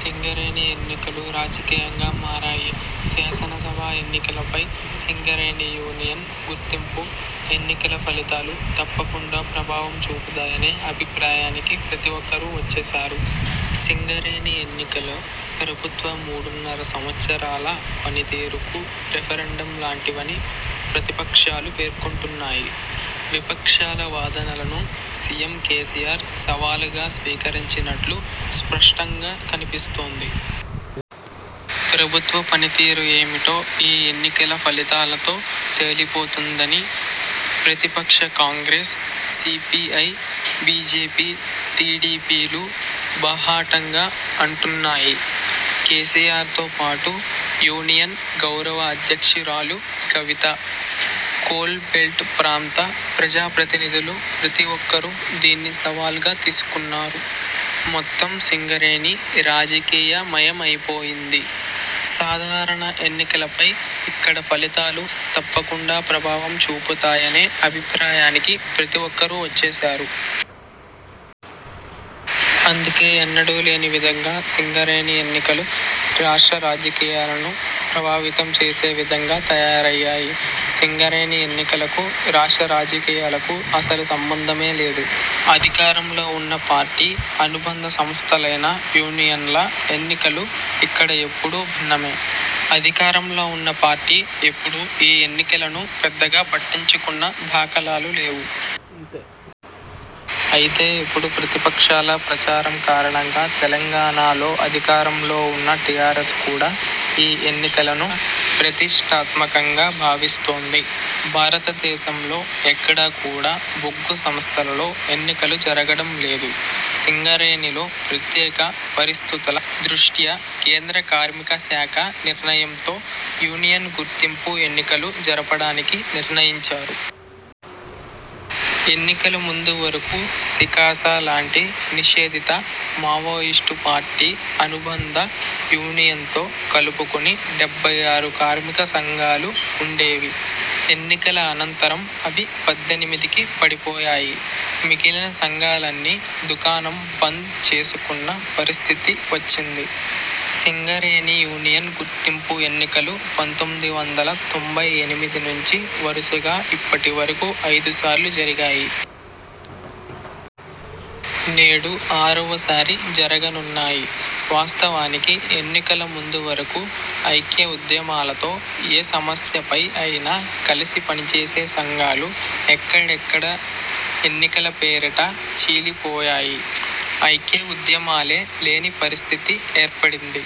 సింగరేణి ఎన్నికలు రాజకీయంగా మారాయి. శాసనసభా ఎన్నికలపై సింగరేణి యూనియన్ గుర్తింపు ఎన్నికల ఫలితాలు తప్పకుండా ప్రభావం చూపుతాయనే అభిప్రాయానికి ప్రతిఒక్కరూ వచ్చేశారు. సింగరేణి ఎన్నికలు ప్రభుత్వ మూడున్నర సంవత్సరాల పనితీరుకు రెఫరెండం లాంటివని ప్రతిపక్షాలు పేర్కొంటున్నాయి. విపక్షాల వాదనలను సీఎం కేసీఆర్ సవాల్‌గా స్వీకరించినట్లు స్పష్టంగా కనిపిస్తోంది. ప్రభుత్వ పనితీరు ఏమిటో ఈ ఎన్నికల ఫలితాలతో తేలిపోతుందని ప్రతిపక్ష కాంగ్రెస్, సీపీఐ, బీజేపీ, టీడీపీలు బాహాటంగా అంటున్నాయి. కేసీఆర్‌తో పాటు యూనియన్ గౌరవ అధ్యక్షురాలు కవిత, కోల్‌బెల్ట్ ప్రాంత ప్రజాప్రతినిధులు ప్రతీ ఒక్కరూ దీన్ని సవాల్‌గా తీసుకున్నారు. మొత్తం సింగరేణి రాజకీయమయమైపోయింది. సాధారణ ఎన్నికలపై ఇక్కడి ఫలితాలు తప్పకుండా ప్రభావం చూపుతాయనే అభిప్రాయానికి ప్రతి ఒక్కరూ వచ్చేశారు. అందుకే ఎన్నడూ లేని విధంగా సింగరేణి ఎన్నికలు రాష్ట్ర రాజకీయాలను ప్రభావితం చేసే విధంగా తయారయ్యాయి. సింగరేణి ఎన్నికలకు రాష్ట్ర రాజకీయాలకు అసలు సంబంధమే లేదు. అధికారంలో ఉన్న పార్టీ అనుబంధ సంస్థలైన యూనియన్ల ఎన్నికలు ఇక్కడ ఎప్పుడూ భిన్నమే. అధికారంలో ఉన్న పార్టీ ఎప్పుడూ ఈ ఎన్నికలను పెద్దగా పట్టించుకున్న దాఖలాలు లేవు. అయితే ఇప్పుడు ప్రతిపక్షాల ప్రచారం కారణంగా తెలంగాణలో అధికారంలో ఉన్న టీఆర్ఎస్ కూడా ఈ ఎన్నికలను ప్రతిష్ఠాత్మకంగా భావిస్తోంది. భారతదేశంలో ఎక్కడా కూడా బొగ్గు సంస్థలలో ఎన్నికలు జరగడం లేదు. సింగరేణిలో ప్రత్యేక పరిస్థితుల దృష్ట్యా కేంద్ర కార్మిక శాఖ నిర్ణయంతో యూనియన్ గుర్తింపు ఎన్నికలు జరపడానికి నిర్ణయించారు. ఎన్నికలు ముందు వరకు సికాస లాంటి నిషేధిత మావోయిస్టు పార్టీ అనుబంధ యూనియన్‌తో కలుపుకుని డెబ్బై ఆరు కార్మిక సంఘాలు ఉండేవి. ఎన్నికల అనంతరం అవి పద్దెనిమిదికి పడిపోయాయి. మిగిలిన సంఘాలన్నీ దుకాణం బంద్ చేసుకున్న పరిస్థితి వచ్చింది. సింగరేణి యూనియన్ గుర్తింపు ఎన్నికలు పంతొమ్మిది వందల తొంభై ఎనిమిది నుంచి వరుసగా ఇప్పటి వరకు ఐదుసార్లు జరిగాయి. నేడు ఆరవసారి జరుగనున్నాయి. వాస్తవానికి ఎన్నికల ముందు వరకు ఐక్య ఉద్యమాలతో ఏ సమస్యపై అయినా కలిసి పనిచేసిన సంఘాలు ఎక్కడేకక్కడ ఎన్నికల పేరిట చీలిపోయాయి. ఐక్య ఉద్యమాలే లేని పరిస్థితి ఏర్పడింది.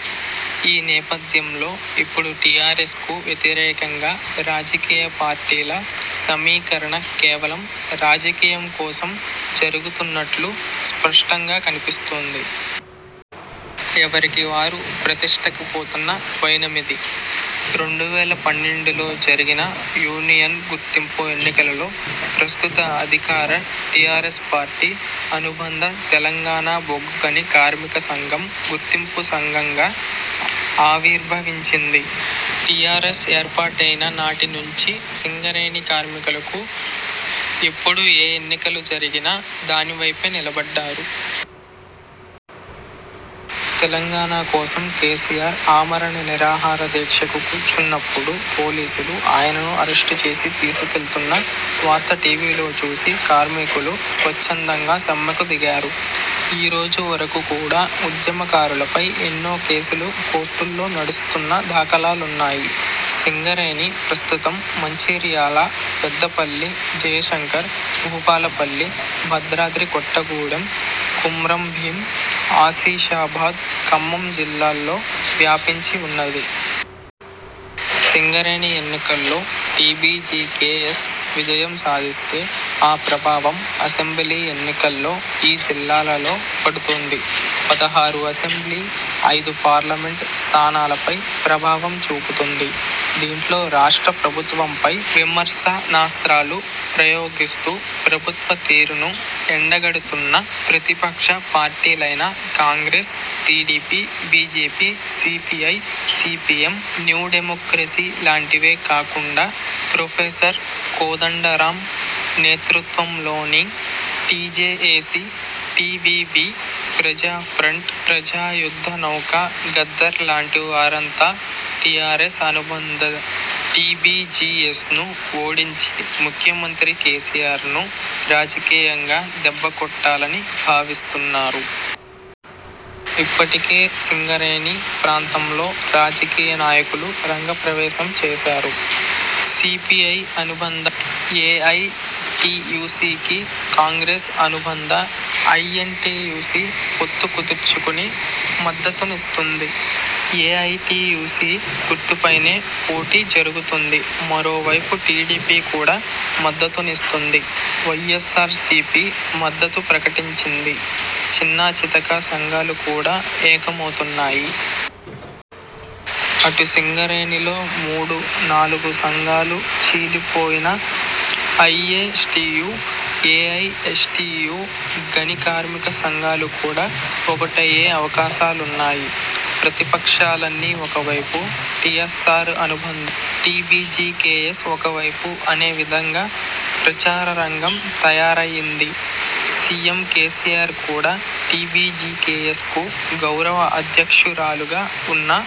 ఈ నేపథ్యంలో ఇప్పుడు టీఆర్ఎస్‌కు వ్యతిరేకంగా రాజకీయ పార్టీల సమీకరణ కేవలం రాజకీయం కోసం జరుగుతున్నట్లు స్పష్టంగా కనిపిస్తోంది. ఎవరికి వారు ప్రతిష్ఠకు పోతున్న వైనమిది. రెండు వేల పన్నెండులో జరిగిన యూనియన్ గుర్తింపు ఎన్నికలలో ప్రస్తుత అధికార టీఆర్ఎస్ పార్టీ అనుబంధ తెలంగాణ బొగ్గుగని కార్మిక సంఘం గుర్తింపు సంఘంగా ఆవిర్భవించింది. టీఆర్ఎస్ ఏర్పాటయిన నాటి నుంచి సింగరేణి కార్మికులు ఎప్పుడు ఏ ఎన్నికలు జరిగినా దానివైపే నిలబడ్డాయి. తెలంగాణ కోసం కేసీఆర్ ఆమరణ నిరాహార దీక్షకు కూర్చున్నపుడు పోలీసులు ఆయనను అరెస్టు చేసి తీసుకెళ్తున్న వార్త టీవీలో చూసి కార్మికులు స్వచ్ఛందంగా సమ్మెకు దిగారు. ఈరోజు వరకు కూడా ఉద్యమకారులపై ఎన్నో కేసులు కోర్టుల్లో నడుస్తున్న దాఖలాలున్నాయి. సింగరేణి ప్రస్తుతం మంచిర్యాల, పెద్దపల్లి, జయశంకర్ భూపాలపల్లి, భద్రాద్రి కొత్తగూడెం, కుమ్రం భీం ఆసిఫాబాద్, ఖమ్మం జిల్లాల్లో వ్యాపించి ఉన్నది. సింగరేణి ఎన్నికల్లో టీబీజీకేఎస్ విజయం సాధిస్తే ఆ ప్రభావం అసెంబ్లీ ఎన్నికల్లో ఈ జిల్లాలలో పడుతుంది. పదహారు అసెంబ్లీ, ఐదు పార్లమెంట్ స్థానాలపై ప్రభావం చూపుతుంది. దీంతో రాష్ట్ర ప్రభుత్వంపై విమర్శనాస్త్రాలు ప్రయోగిస్తూ ప్రభుత్వ తీరును ఎండగడుతున్న ప్రతిపక్ష పార్టీలైన Congress, TDP, BJP, CPI, CPM, New Democracy లాంటివే కాకుండా ప్రొఫెసర్ కోదండరాం నేతృత్వంలోని టీజేఏసీ, టీవీవీ, ప్రజాఫ్రంట్, ప్రజాయుద్ధనౌక గద్దర్ లాంటి వారంతా టీఆర్ఎస్ అనుబంధ టీబీజీకేఎస్‌ను ఓడించి ముఖ్యమంత్రి కేసీఆర్‌ను రాజకీయంగా దెబ్బకొట్టాలని భావిస్తున్నారు. ఇప్పటికే సింగరేణి ప్రాంతంలో రాజకీయ నాయకులు రంగ ప్రవేశం చేశారు. సీపీఐ అనుబంధ ఏఐటీయూసీకి, కాంగ్రెస్ అనుబంధ ఐఎన్టీయూసీ పొత్తు కుదుర్చుకుని మద్దతునిస్తుంది. ఏఐటీయూసీ గుర్తుపైనే పోటీ జరుగుతోంది. మరోవైపు టీడీపీ కూడా మద్దతునిస్తోంది. వైఎస్సార్సీపీ మద్దతు ప్రకటించింది. చిన్నా చితకా సంఘాలు కూడా ఏకమవుతున్నాయి. అటు సింగరేణిలో మూడు, నాలుగు సంఘాలుగా చీలిపోయిన ఐఎస్టైయూ, ఏఐఎస్టైయూ, గని కార్మిక సంఘాలు కూడా ఒక్కటయ్యే అవకాశాలున్నాయి. ప్రతిపక్షాలన్నీ ఒకవైపు, టీఆర్ఎస్ అనుబంధ టీబీజీకేఎస్ ఒక వైపు అనే విధంగా ప్రచారరంగం తయారయ్యింది. సీఎం కేసీఆర్ కూడా టీబీజీకేఎస్‌కు గౌరవ అధ్యక్షురాలుగా ఉన్న